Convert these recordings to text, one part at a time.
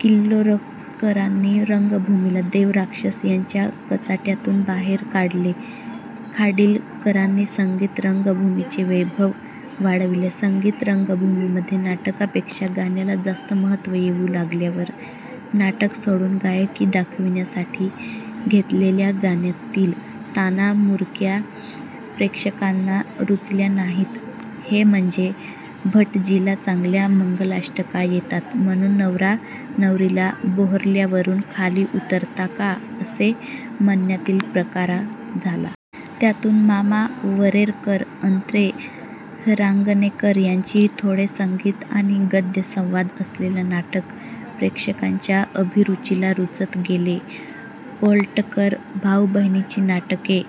किर्लोस्करांनी रंगभूमीला देव, राक्षस यांच्या कचाट्यातून बाहेर काढले, खाडिलकरांनी संगीत रंगभूमीचे वैभव वाढविले. संगीत रंगभूमीमध्ये नाटकापेक्षा गाण्याला जास्त महत्त्व येऊ लागल्यावर, नाटक सोडून गायकी दाखविण्यासाठी घेतलेल्या गाण्यातील ताना, मुरक्या प्रेक्षकांना रुचल्या नाहीत. हे म्हणजे भटजीला चांगल्या मंगलाष्टका येतात म्हणून नवरा नवरीला बोहल्यावरून खाली उतरता का असे म्हणण्यातील प्रकार झाला. त्यातून मामा वरेरकर, अत्रे, रांगणेकर यांची थोडे संगीत आणि गद्य, संवाद असलेले नाटक प्रेक्षकांच्या अभिरुचीला रुचत गेले. कोल्हटकर भाऊ-बहिणीची नाटके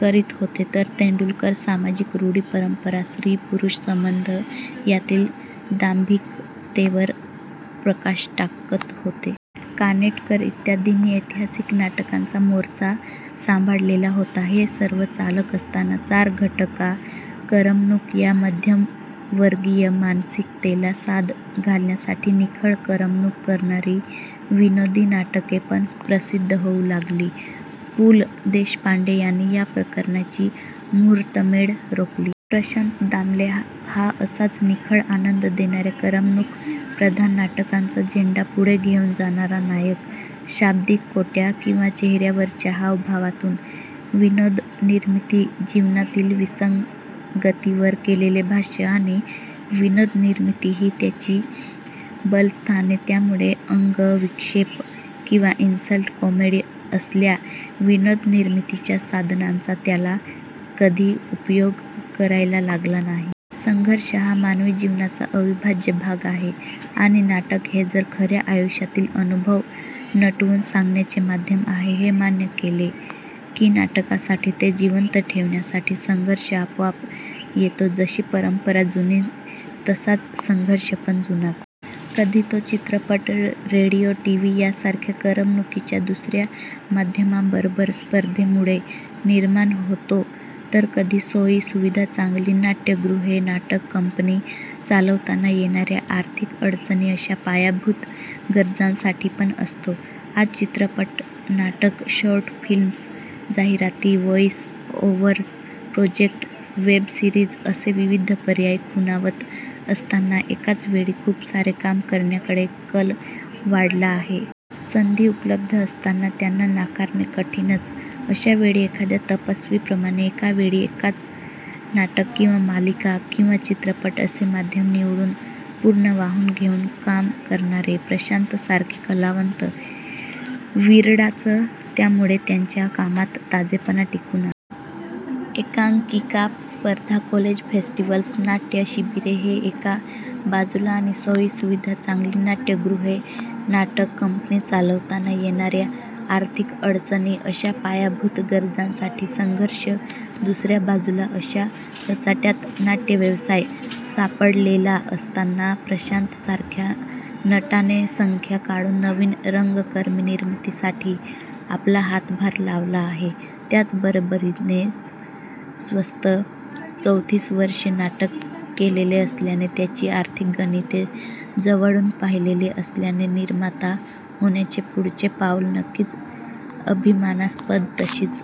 करीत होते तर तेंडुलकर सामाजिक रूढी परंपरा, स्त्री पुरुष संबंध यातील दांभिकतेवर प्रकाश टाकत होते. कानेटकर इत्यादींनी ऐतिहासिक नाटकांचा मोर्चा सांभाळलेला होता. हे सर्व चालत असताना चार घटका करमणूक या मध्यमवर्गीय मानसिकतेला साद घालण्यासाठी निखळ करमणूक करणारी, विनोदी नाटकेपण प्रसिद्ध होऊ लागली. पु ल देशपांडे यांनी या प्रकारची मुहूर्तमेढ रोवली. प्रशांत दामले हा असाच निखळ आनंद देणाऱ्या करमणूकप्रधान नाटकांचा झेंडा पुढे घेऊन जाणारा नायक. शाब्दिक कोट्या किंवा चेहऱ्यावरच्या हावभावातून विनोदनिर्मिती, जीवनातील विसंगतीवर केलेले भाष्य आणि विनोदनिर्मिती ही त्याची बलस्थाने, त्यामुळे अंगविक्षेप किंवा इन्सल्ट कॉमेडी असल्या विनोदनिर्मितीच्या साधनांचा त्याला कधी उपयोग करायला लागला नाही. संघर्ष हा मानवी जीवनाचा अविभाज्य भाग आहे आणि नाटक हे जर खऱ्या आयुष्यातील अनुभव नटवून सांगण्याचे माध्यम आहे हे मान्य केले की नाटकासाठी, ते जिवंत ठेवण्यासाठी संघर्ष आपोआप येतो. जशी परंपरा जुनी तसाच संघर्षपण जुनाच. कधी तो चित्रपट, रेडिओ, टीव्ही यासारख्या करमणुकीच्या दुसऱ्या माध्यमांबरोबरच्या स्पर्धेमुळे निर्माण होतो, तर कधी सोयी, सुविधा, चांगली नाट्यगृहे, नाटक कंपनी चालवताना येणाऱ्या आर्थिक अडचणी अशा पायाभूत गरजांसाठीपण असतो. आज चित्रपट, नाटक, शॉर्ट फिल्म्स, जाहिराती, voice over project, web series असे विविध पर्याय खुणावत असताना एकाच वेळी खूप सारे काम करण्याकडे कल वाढला आहे. संधी उपलब्ध असताना त्यांना नाकारणे कठीणच, अशावेळी एखाद्या तपस्वीप्रमाणे एका वेळी एकच नाटक किंवा मालिका किंवा चित्रपट असे माध्यम निवडून पूर्ण वाहून घेऊन काम करणारे प्रशांतसारखे कलावंत विरळाच. त्यामुळे त्याच्या कामात ताजेपणा टिकून आहे. एकांकिका स्पर्धा, कॉलेज फेस्टिवल्स, नाट्य शिबिरे हे एका बाजूला आणि सोयी, सुविधा, चांगली नाट्यगृहे, नाटक कंपनी चालवताना येणाऱ्या आर्थिक अडचणी अशा पायाभूत गरजांसाठी संघर्ष दुसऱ्या बाजूला अशा कचाट्यात नाट्यव्यवसाय सापडलेला असताना प्रशांतसारख्या नटाने संस्था काढून नवीन रंगकर्मी निर्मितीसाठी आपला हातभार लावला आहे, त्याबरोबरीनेच स्वतः चौतीस वर्षे नाटक केलेले असल्याने त्याची आर्थिक गणिते जवळून पाहिलेली असल्याने निर्माता होण्याचे पुढचे पाऊल नक्कीच अभिमानास्पद. तशीच